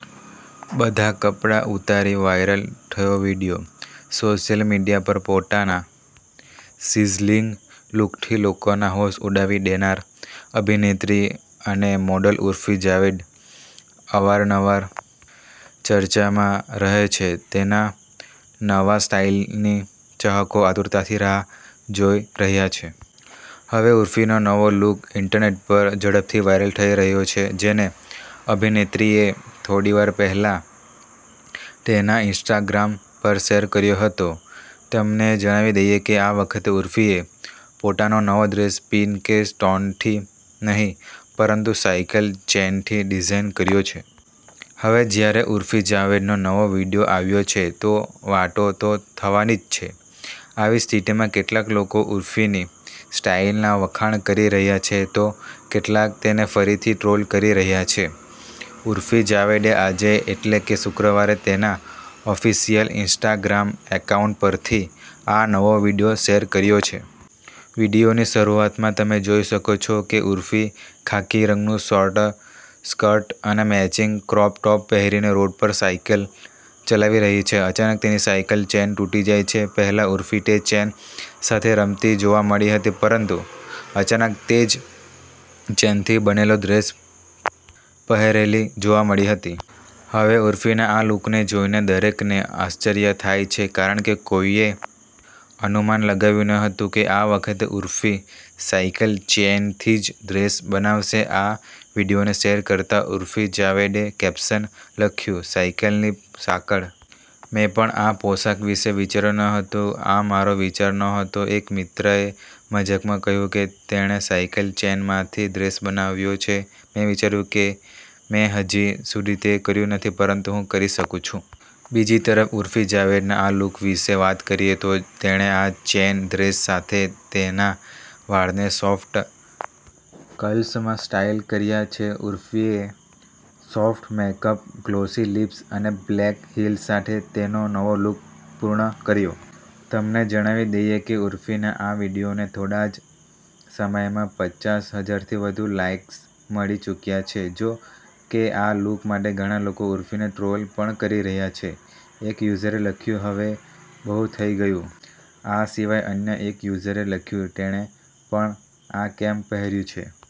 બધા કપડા ઉતારી વાયરલ થયો વિડીયો સોશિયલ મીડિયા પર પોતાના સિઝલિંગ લુકથી લોકોના હોશ ઉડાવી દેનાર અભિનેત્રી અને મોડલ ઉર્ફી જાવેદ અવારનવાર ચર્ચામાં રહે છે. તેના નવા સ્ટાઈલની ચાહકો આતુરતાથી રાહ જોઈ રહ્યા છે. હવે ઉર્ફીનો નવો લુક ઈન્ટરનેટ પર ઝડપથી વાયરલ થઈ રહ્યો છે, જેને અભિનેત્રીએ થોડીવાર પહેલા તેના ઈન્સ્ટાગ્રામ પર શેર કર્યો હતો. તમને જણાવી દઈએ કે આ વખતે ઉર્ફીએ પોતાનો નવો ડ્રેસ પીન કે સ્ટોનથી નહીં, પરંતુ સાઈકલ ચેઈનથી ડિઝાઈન કર્યો છે. હવે જ્યારે ઉર્ફી જાવેદનો નવો વિડિયો આવ્યો છે, તો વાતો તો થવાની જ છે. આવી સ્થિતિમાં, કેટલાક લોકો ઉર્ફીની સ્ટાઈલના વખાણ કરી રહ્યા છે તો કેટલાક તેને ફરીથી ટ્રોલ કરી રહ્યા છે. ઉર્ફી જાવેદે આજે એટલે કે શુક્રવારે તેના ઓફિશિયલ ઈન્સ્ટાગ્રામ એકાઉન્ટ પરથી આ નવો વીડિયો શેર કર્યો છે. વીડિયોની શરૂઆતમાં, તમે જોઈ શકો છો કે ઉર્ફી ખાકી રંગનું શોર્ટ સ્કર્ટ અને મેચિંગ ક્રોપ ટોપ પહેરીને રોડ પર સાઈકલ ચલાવી રહી છે. અચાનક તેની સાયકલ ચેઈન તૂટી જાય છે. પહેલા ઉર્ફી તે ચેન સાથે રમતી જોવા મળી હતી, પરંતુ અચાનક તે જ ચેનથી બનેલો ડ્રેસ પહેરેલી જોવા મળી હતી. હવે ઉર્ફીના આ લુકને જોઈને દરેકને આશ્ચર્ય થાય છે કારણ કે કોઈએ અનુમાન લગાવ્યું ન હતું કે આ વખતે ઉર્ફી સાઈકલ ચેઈનથી જ ડ્રેસ બનાવશે. આ વીડિયોને શેર કરતાં ઉર્ફી જાવેદે કેપ્શન લખ્યું- સાયકલની સાંકળ! મેં પણ આ પોશાક વિશે વિચાર્યું ન હતું. આ મારો વિચાર નહોતો. એક મિત્રએ મજાકમાં કહ્યું કે તેણે સાઈકલ ચેઈનમાંથી ડ્રેસ બનાવ્યો છે. મેં વિચાર્યું કે મેં હજી સુધી તે કર્યું નથી પરંતુ હું કરી શકું છું. બીજી તરફ, ઉર્ફી જાવેદના આ લુક વિશે વાત કરીએ તો, તેણે આ ચેઈન ડ્રેસ સાથે તેના વાળને સોફ્ટ કર્લ્સમાં સ્ટાઈલ કર્યા છે. ઉર્ફીએ સોફ્ટ મેકઅપ, ગ્લોસી લિપ્સ અને બ્લેક હીલ્સ સાથે તેનો નવો લુક પૂર્ણ કર્યો. તમને જણાવી દઈએ કે ઉર્ફીના આ વીડિયોને થોડા જ સમયમાં પચાસ હજારથી વધુ લાઈક્સ મળી ચૂક્યા છે. જો કે આ લુક માટે ઘણા લોકો ઉર્ફીને ટ્રોલ પણ કરી રહ્યા છે. એક યુઝરે લખ્યું, 'હવે બહુ થઈ ગયું'. આ સિવાય અન્ય એક યુઝરે લખ્યું, 'તેણે પણ આ કેમ પહેર્યું છે'.